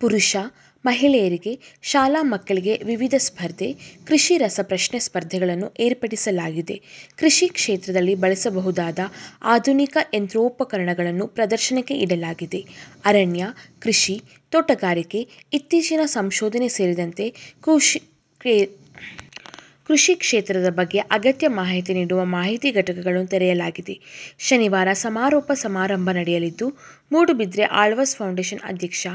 ಪುರುಷ, ಮಹಿಳೆಯರಿಗೆ, ಶಾಲಾ ಮಕ್ಕಳಿಗೆ ವಿವಿಧ ಸ್ಪರ್ಧೆ, ಕೃಷಿ ರಸಪ್ರಶ್ನೆ ಸ್ಪರ್ಧೆಗಳನ್ನು ಏರ್ಪಡಿಸಲಾಗಿದೆ. ಕೃಷಿ ಕ್ಷೇತ್ರದಲ್ಲಿ ಬಳಸಬಹುದಾದ ಆಧುನಿಕ ಯಂತ್ರೋಪಕರಣಗಳನ್ನು ಪ್ರದರ್ಶನಕ್ಕೆ ಇಡಲಾಗಿದೆ. ಅರಣ್ಯ, ಕೃಷಿ, ತೋಟಗಾರಿಕೆ, ಇತ್ತೀಚಿನ ಸಂಶೋಧನೆ ಸೇರಿದಂತೆ ಕೃಷಿ ಕ್ಷೇತ್ರದ ಬಗೆಗೆ ಅಗತ್ಯ ಮಾಹಿತಿ ನೀಡುವ ಮಾಹಿತಿ ಘಟಕಗಳನ್ನು ತೆರೆಯಲಾಗಿದೆ. ಶನಿವಾರ ಸಮಾರೋಪ ಸಮಾರಂಭ ನಡೆಯಲಿದ್ದು, ಮೂಡಬಿದ್ರೆ ಆಳ್ವಾಸ್ ಫೌಂಡೇಶನ್ ಅಧ್ಯಕ್ಷ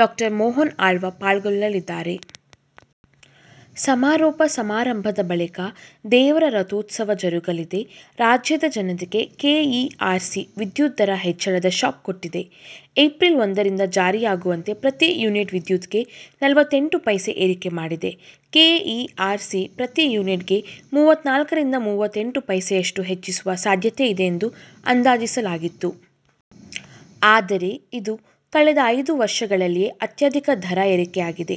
ಡಾ ಮೋಹನ ಆಳ್ವಾ ಪಾಲ್ಗೊಳ್ಳಲಿದ್ದಾರೆ. ಸಮಾರೋಪ ಸಮಾರಂಭದ ಬಳಿಕ ದೇವರ ರಥೋತ್ಸವ ಜರುಗಲಿದೆ. ರಾಜ್ಯದ ಜನತೆಗೆ ಕೆ ಇ ಆರ್ ಸಿ ವಿದ್ಯುತ್ ದರ ಹೆಚ್ಚಳದ ಶಾಕ್ ಕೊಟ್ಟಿದೆ. ಏಪ್ರಿಲ್ ಒಂದರಿಂದ ಜಾರಿಯಾಗುವಂತೆ ಪ್ರತಿ ಯೂನಿಟ್ ವಿದ್ಯುತ್ ಗೆ ನಲವತ್ತೆಂಟು ಪೈಸೆ ಏರಿಕೆ ಮಾಡಿದೆ. ಕೆ ಇ ಆರ್ ಸಿ ಪ್ರತಿ ಯೂನಿಟ್ ಗೆ ಮೂವತ್ನಾಲ್ಕರಿಂದ ಮೂವತ್ತೆಂಟು ಪೈಸೆಯಷ್ಟು ಹೆಚ್ಚಿಸುವ ಸಾಧ್ಯತೆ ಇದೆ ಎಂದು ಅಂದಾಜಿಸಲಾಗಿತ್ತು. ಆದರೆ ಇದು ಕಳೆದ ಐದು ವರ್ಷಗಳಲ್ಲಿಯೇ ಅತ್ಯಧಿಕ ದರ ಏರಿಕೆಯಾಗಿದೆ.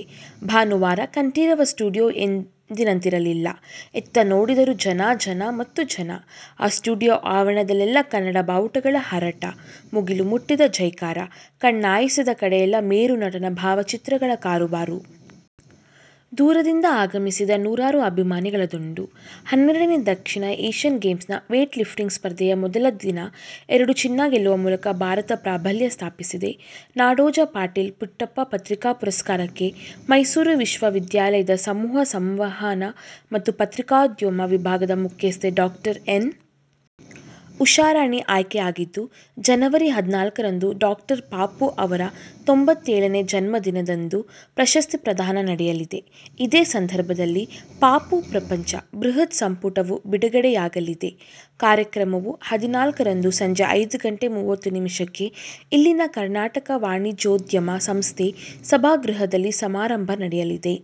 ಭಾನುವಾರ ಕಂಠೀರವ ಸ್ಟುಡಿಯೋ ಎಂದಿನಂತಿರಲಿಲ್ಲ. ಎತ್ತ ನೋಡಿದರೂ ಜನ ಜನ ಮತ್ತು ಜನ. ಆ ಸ್ಟುಡಿಯೋ ಆವರಣದಲ್ಲೆಲ್ಲಾ ಕನ್ನಡ ಬಾವುಟಗಳ ಹಾರಾಟ, ಮುಗಿಲು ಮುಟ್ಟಿದ ಜೈಕಾರ, ಕಣ್ಣಾಯಿಸಿದ ಕಡೆಯೆಲ್ಲಾ ಮೇರು ನಟನ ಭಾವಚಿತ್ರಗಳ ಕಾರುಬಾರು. ದೂರದಿಂದ ಆಗಮಿಸಿದ್ದ ನೂರಾರು ಅಭಿಮಾನಿಗಳ ದಂಡು. ಹನ್ನೆರಡನೇ ದಕ್ಷಿಣ ಏಶ್ಯನ್ ಗೇಮ್ಸ್ ನ ವೇಟ್ಲಿಫ್ಟಿಂಗ್ ಸ್ಪರ್ಧೆಯ ಮೊದಲ ದಿನ ಎರಡು ಚಿನ್ನ ಗೆಲ್ಲುವ ಮೂಲಕ ಭಾರತ ಪ್ರಾಬಲ್ಯ ಸ್ಥಾಪಿಸಿದೆ. ನಾಡೋಜ ಪಾಟೀಲ ಪುಟ್ಟಪ್ಪ ಪತ್ರಿಕಾ ಪುರಸ್ಕಾರಕ್ಕೆ ಮೈಸೂರು ವಿಶ್ವವಿದ್ಯಾಲಯದ ಸಮೂಹ ಸಂವಹನ ಮತ್ತು ಪತ್ರಿಕೋದ್ಯಮ ವಿಭಾಗದ ಮುಖ್ಯಸ್ಥೆ ಡಾ ಎನ್. ಉಷಾರಾಣಿ ಆಯ್ಕೆಯಾಗಿದ್ದು, ಜನವರಿ ಹದಿನಾಲ್ಕರಂದು ಡಾಕ್ಟರ್ ಪಾಪು ಅವರ ತೊಂಬತ್ತೇಳನೇ ಜನ್ಮದಿನದಂದು ಪ್ರಶಸ್ತಿ ಪ್ರದಾನ ನಡೆಯಲಿದೆ. ಇದೇ ಸಂದರ್ಭದಲ್ಲಿ ಪಾಪು ಪ್ರಪಂಚ' ಬೃಹತ್ ಸಂಪುಟವೂ ಬಿಡುಗಡೆಯಾಗಲಿದೆ. ಕಾರ್ಯಕ್ರಮವು ಹದಿನಾಲ್ಕರಂದು ಸಂಜೆ ಐದು ಗಂಟೆ ಮೂವತ್ತು ನಿಮಿಷಕ್ಕೆ ಇಲ್ಲಿನ ಕರ್ನಾಟಕ ವಾಣಿಜ್ಯೋದ್ಯಮ ಸಂಸ್ಥೆ ಸಭಾಗೃಹದಲ್ಲಿ ಸಮಾರಂಭ ನಡೆಯಲಿದೆ.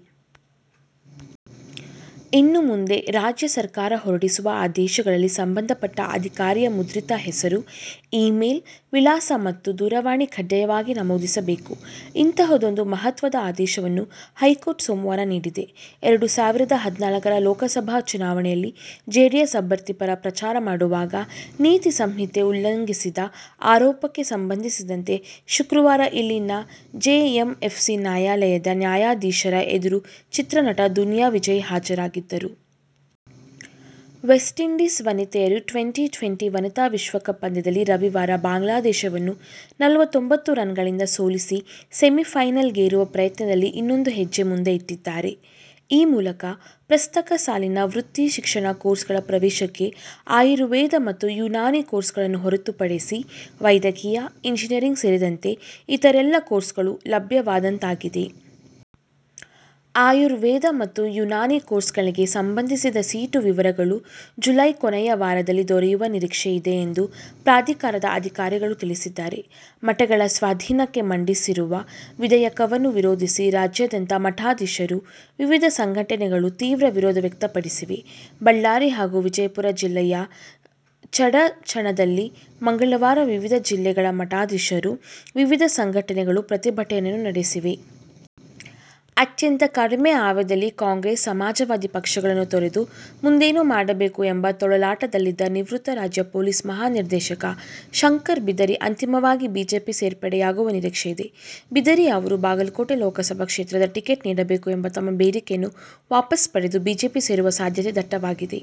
"ಇನ್ನು ಮುಂದೆ ರಾಜ್ಯ ಸರ್ಕಾರ ಹೊರಡಿಸುವ ಆದೇಶಗಳಲ್ಲಿ ಸಂಬಂಧಪಟ್ಟ ಅಧಿಕಾರಿಯ ಮುದ್ರಿತ ಹೆಸರು, ಇ-ಮೇಲ್ ವಿಳಾಸ ಮತ್ತು ದೂರವಾಣಿ ಕಡ್ಡಾಯವಾಗಿ ನಮೂದಿಸಬೇಕು" ಇಂತಹದೊಂದು ಮಹತ್ವದ ಆದೇಶವನ್ನು ಹೈಕೋರ್ಟ್ ಸೋಮವಾರ ನೀಡಿದೆ. ಎರಡು ಸಾವಿರದ ಹದಿನಾಲ್ಕರ ಲೋಕಸಭಾ ಚುನಾವಣೆಯಲ್ಲಿ ಜೆಡಿಎಸ್ ಅಭ್ಯರ್ಥಿ ಪರ ಪ್ರಚಾರ ಮಾಡುವಾಗ ನೀತಿ ಸಂಹಿತೆ ಉಲ್ಲಂ ಸಿದ ಆರೋಪಕ್ಕೆ ಸಂಬಂಧಿಸಿದಂತೆ ಶುಕ್ರವಾರ ಇಲ್ಲಿನ ಜೆಎಂಎಫ್ಸಿ ನ್ಯಾಯಾಲಯದ ನ್ಯಾಯಾಧೀಶರ ಎದುರು ಚಿತ್ರ ನಟ ದುನಿಯಾ ವಿಜಯ್ ಹಾಜರಾಗಿದ್ದರು. ವೆಸ್ಟ್ಇಂಡೀಸ್ ವನಿತೆಯರು ಟ್ವೆಂಟಿ-ಟ್ವೆಂಟಿ ವನಿತಾ ವಿಶ್ವಕಪ್ ಪಂದ್ಯದಲ್ಲಿ ರವಿವಾರ ಬಾಂಗ್ಲಾದೇಶವನ್ನು ನಲವತ್ತೊಂಬತ್ತು ರನ್ನುಗಳಿಂದ ಸೋಲಿಸಿ ಸೆಮಿಫೈನಲ್ಲಿಗೇರುವ ಪ್ರಯತ್ನದಲ್ಲಿ ಇನ್ನೊಂದು ಹೆಜ್ಜೆ ಮುಂದೆ ಇಟ್ಟಿದ್ದಾರೆ. ಈ ಮೂಲಕ ಪ್ರಸಕ್ತ ಸಾಲಿನ ವೃತ್ತಿ ಶಿಕ್ಷಣ ಕೋರ್ಸುಗಳ ಪ್ರವೇಶಕ್ಕೆ ಆಯುರ್ವೇದ ಮತ್ತು ಯುನಾನಿ ಕೋರ್ಸುಗಳನ್ನು ಹೊರತುಪಡಿಸಿ ವೈದ್ಯಕೀಯ, ಇಂಜಿನಿಯರಿಂಗ್ ಸೇರಿದಂತೆ ಇತರೆಲ್ಲಾ ಕೋರ್ಸುಗಳು ಲಭ್ಯವಾದಂತಾಗಿದೆ. ಆಯುರ್ವೇದ ಮತ್ತು ಯುನಾನಿ ಕೋರ್ಸುಗಳಿಗೆ ಸಂಬಂಧಿಸಿದ ಸೀಟು ವಿವರಗಳು ಜುಲೈ ಕೊನೆಯ ವಾರದಲ್ಲಿ ದೊರೆಯುವ ನಿರೀಕ್ಷೆ ಇದೆ ಎಂದು ಪ್ರಾಧಿಕಾರದ ಅಧಿಕಾರಿಗಳು ತಿಳಿಸಿದ್ದಾರೆ. ಮಠಗಳ ಸ್ವಾಧೀನಕ್ಕೆ ಮಂಡಿಸಿರುವ ವಿಧೇಯಕವನ್ನು ವಿರೋಧಿಸಿ ರಾಜ್ಯಾದ್ಯಂತ ಮಠಾ ಧೀಶರು, ವಿವಿಧ ಸಂಘಟನೆಗಳು ತೀವ್ರ ವಿರೋಧ ವ್ಯಕ್ತಪಡಿಸಿವೆ. ಬಳ್ಳಾರಿ ಹಾಗೂ ವಿಜಯಪುರ ಜಿಲ್ಲೆಯ ಚಡಚಣದಲ್ಲಿ ಮಂಗಳವಾರ ವಿವಿಧ ಜಿಲ್ಲೆಗಳ ಮಠಾಧೀಶರು, ವಿವಿಧ ಸಂಘಟನೆಗಳು ಪ್ರತಿಭಟನೆಯನ್ನು ನಡೆಸಿವೆ. ಅತ್ಯಂತ ಕಡಮೆ ಅವಧಿಯಲ್ಲಿ ಕಾಂಗ್ರೆಸ್, ಸಮಾಜವಾದಿ ಪಕ್ಷಗಳನ್ನು ತೊರೆದು ಮುಂದೇನು ಮಾಡಬೇಕು ಎಂಬ ತೊಳಲಾಟದಲ್ಲಿದ್ದ ನಿವೃತ್ತ ರಾಜ್ಯ ಪೊಲೀಸ್ ಮಹಾನಿರ್ದೇಶಕ ಶಂಕರ್ ಬಿದರಿ ಅಂತಿಮವಾಗಿ ಬಿಜೆಪಿ ಸೇರ್ಪಡೆಯಾಗುವ ನಿರೀಕ್ಷೆಯಿದೆ. ಬಿದರಿ ಅವರು ಬಾಗಲಕೋಟೆ ಲೋಕಸಭಾ ಕ್ಷೇತ್ರದ ಟಿಕೆಟ್ ನೀಡಬೇಕು ಎಂಬ ತಮ್ಮ ಬೇಡಿಕೆಯನ್ನು ವಾಪಸ್ ಪಡೆದು ಬಿಜೆಪಿ ಸೇರುವ ಸಾಧ್ಯತೆ ದಟ್ಟವಾಗಿದೆ.